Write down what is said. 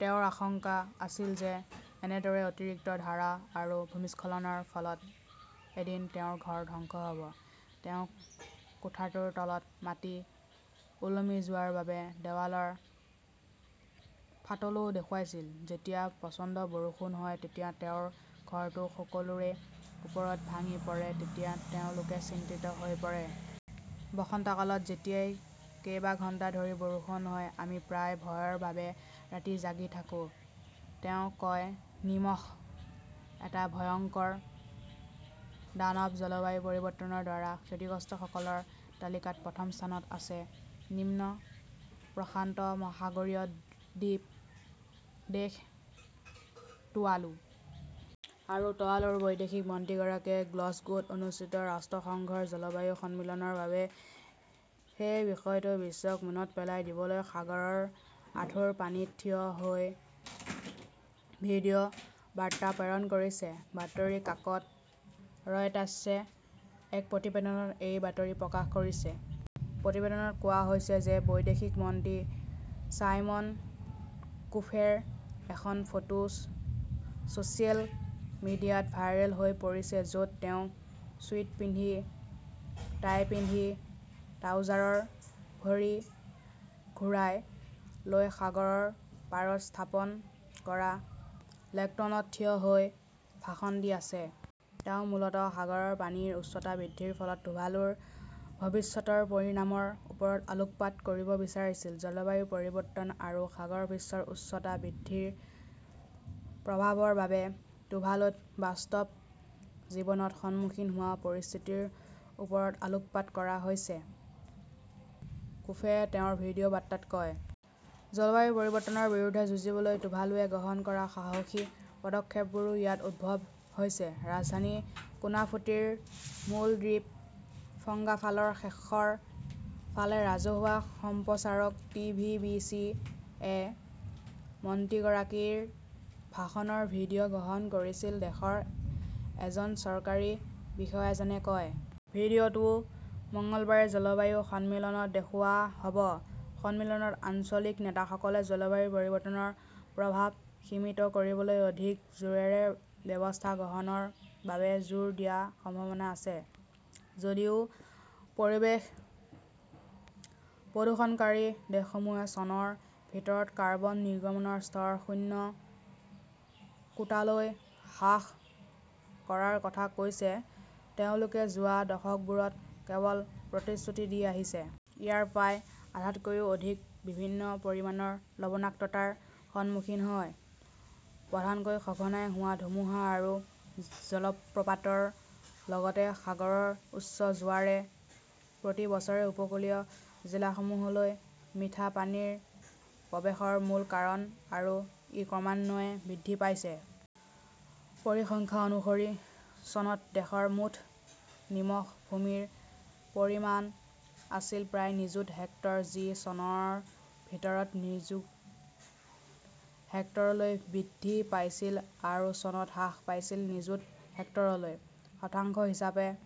তেওঁৰ আশংকা আছিল যে এনেদৰে অতিৰিক্ত ধাৰা আৰু ভূমিস্খলনৰ ফলত এদিন তেওঁৰ ঘৰ ধ্বংস হ’ব। তেওঁ কোঠাটোৰ তলত মাটি ওলমি যোৱাৰ বাবে দেৱালৰ ফাটলও দেখুৱাইছিল। যেতিয়া প্ৰচণ্ড বৰষুণ হয় তেতিয়া তেওঁৰ ঘৰটো সকলোৰে ওপৰত ভাঙি পৰে তেতিয়া তেওঁলোকে চিন্তিত হৈ পৰে। বসন্তকালত যেতিয়াই কেইবা ঘণ্টা ধৰি বৰষুণ হয়, আমি প্ৰায়ে ভয়ৰ বাবে ৰাতি জাগি থাকো", তেওঁ কয় নিমখঃ এটা ভয়ংকৰ দানৱ জলবায়ু পৰিৱৰ্তনৰ দ্বাৰা ক্ষতিগ্ৰস্তসকলৰ তালিকাত প্ৰথম স্থানত আছে নিম্ন-প্ৰশান্ত মহাসাগৰীয় দ্বীপ দেশ টুৱালু। আৰু টৱালুৰ বৈদেশিক মন্ত্ৰীগৰাকীয়ে গ্লছগোত অনুষ্ঠিত ৰাষ্ট্ৰসংঘৰ জলবায়ু সন্মিলনৰ বাবে সেই বিষয়টো বিশ্বক মনত পেলাই দিবলৈ সাগৰৰ আঁঠুৰ পানীত থিয় হৈ ভিডিঅ বাৰ্তা প্ৰেৰণ কৰিছে। বাতৰি কাকত ৰয়টাৰ্ছে এক প্ৰতিবেদনত এই বাতৰি প্ৰকাশ কৰিছে। প্ৰতিবেদনত কোৱা হৈছে যে বৈদেশিক মন্ত্ৰী চাইমন কোফেৰ এখন ফটো ছ চিয়েল মিডিয়াত ভাইৰেল হৈ পৰিছে য’ত তেওঁ চুইট পিন্ধি, টাই পিন্ধি ট্ৰাউজাৰৰ ভৰি ঘূৰাই লৈ সাগৰৰ পাৰত স্থাপন কৰা লেক্টৰ্ণত থিয় হৈ ভাষণ দি আছে। তেওঁ মূলতঃ সাগৰৰ পানীৰ উচ্চতা বৃদ্ধিৰ ফলত টুভালুৰ ভৱিষ্যতৰ পৰিণামৰ ওপৰত আলোকপাত কৰিব বিচাৰিছিল। জলবায়ু পৰিৱৰ্তন আৰু সাগৰ পৃষ্ঠৰ উচ্চতা বৃদ্ধিৰ প্ৰভাৱৰ বাবে টুভালুত বাস্তৱ জীৱনত সন্মুখীন হোৱা পৰিস্থিতিৰ ওপৰত আলোকপাত কৰা হৈছে", কোফেয়ে তেওঁৰ ভিডিঅ বাৰ্তাত কয়। জলবায়ু পৰিৱৰ্তনৰ বিৰুদ্ধে যুঁজিবলৈ টুভালুৱে গ্ৰহণ কৰা সাহসী পদক্ষেপবোৰো ইয়াত উদ্ভৱ হৈছে। ৰাজধানী ফুনাফুটিৰ মূল দ্বীপ ফঙ্গাফালৰ শেষৰ ফালে ৰাজহুৱা সম্প্ৰচাৰক" টি. ভি. বি. চি. য়ে মন্ত্ৰীগৰাকীৰ ভাষণৰ ভিডিঅ গ্ৰহণ কৰিছিল, দেশৰ এজন চৰকাৰী বিষয়াজনে কয়। ভিডিঅ 'টো মঙলবাৰে জলবায়ু সন্মিলনত দেখুওৱা হ' ব। সন্মিলনত আঞ্চলিক নেতাসকলে জলবায়ু পৰিৱৰ্তনৰ প্ৰভাৱ সীমিত কৰিবলৈ অধিক জোৰেৰে ব্যৱস্থা গ্ৰহণৰ বাবে জোৰ দিয়াৰ সম্ভাৱনা আছে। যদিও পৰিৱেশ প্ৰদূষণকাৰী দেশসমূহে চনৰ ভিতৰত কাৰ্বন নিৰ্গমনৰ স্তৰ শূন্য কোটালৈ হ্ৰাস কৰাৰ কথা কৈছে, তেওঁলোকে যোৱা দশকবোৰত কেৱল প্ৰতিশ্ৰুতি দি আহিছে। ইয়াৰ প্ৰায় আধাতকৈও অধিক বিভিন্ন পৰিমাণৰ লবণাক্ততাৰ সন্মুখীন হয়। প্ৰধানকৈ সঘনাই হোৱা ধুমুহা আৰু জলপ্ৰপাতৰ লগতে সাগৰৰ উচ্চ জোৱাৰে প্ৰতি বছৰে উপকূলীয় জিলাসমূহলৈ মিঠা পানীৰ প্ৰৱেশৰ মূল কাৰণ আৰু ই ক্ৰমান্বয়ে বৃদ্ধি পাইছে। পৰিসংখ্যা অনুসৰি, চনত দেশৰ মুঠ নিমখ ভূমিৰ পৰিমাণ আছিল প্ৰায় নিযুত হেক্টৰ যি চনৰ ভিতৰত নিযুত হেক্টৰলৈ বৃদ্ধি পাইছিল আৰু চনত হ্ৰাস পাইছিল নিযুত হেক্টৰলৈ। শতাংশ হিচাপে,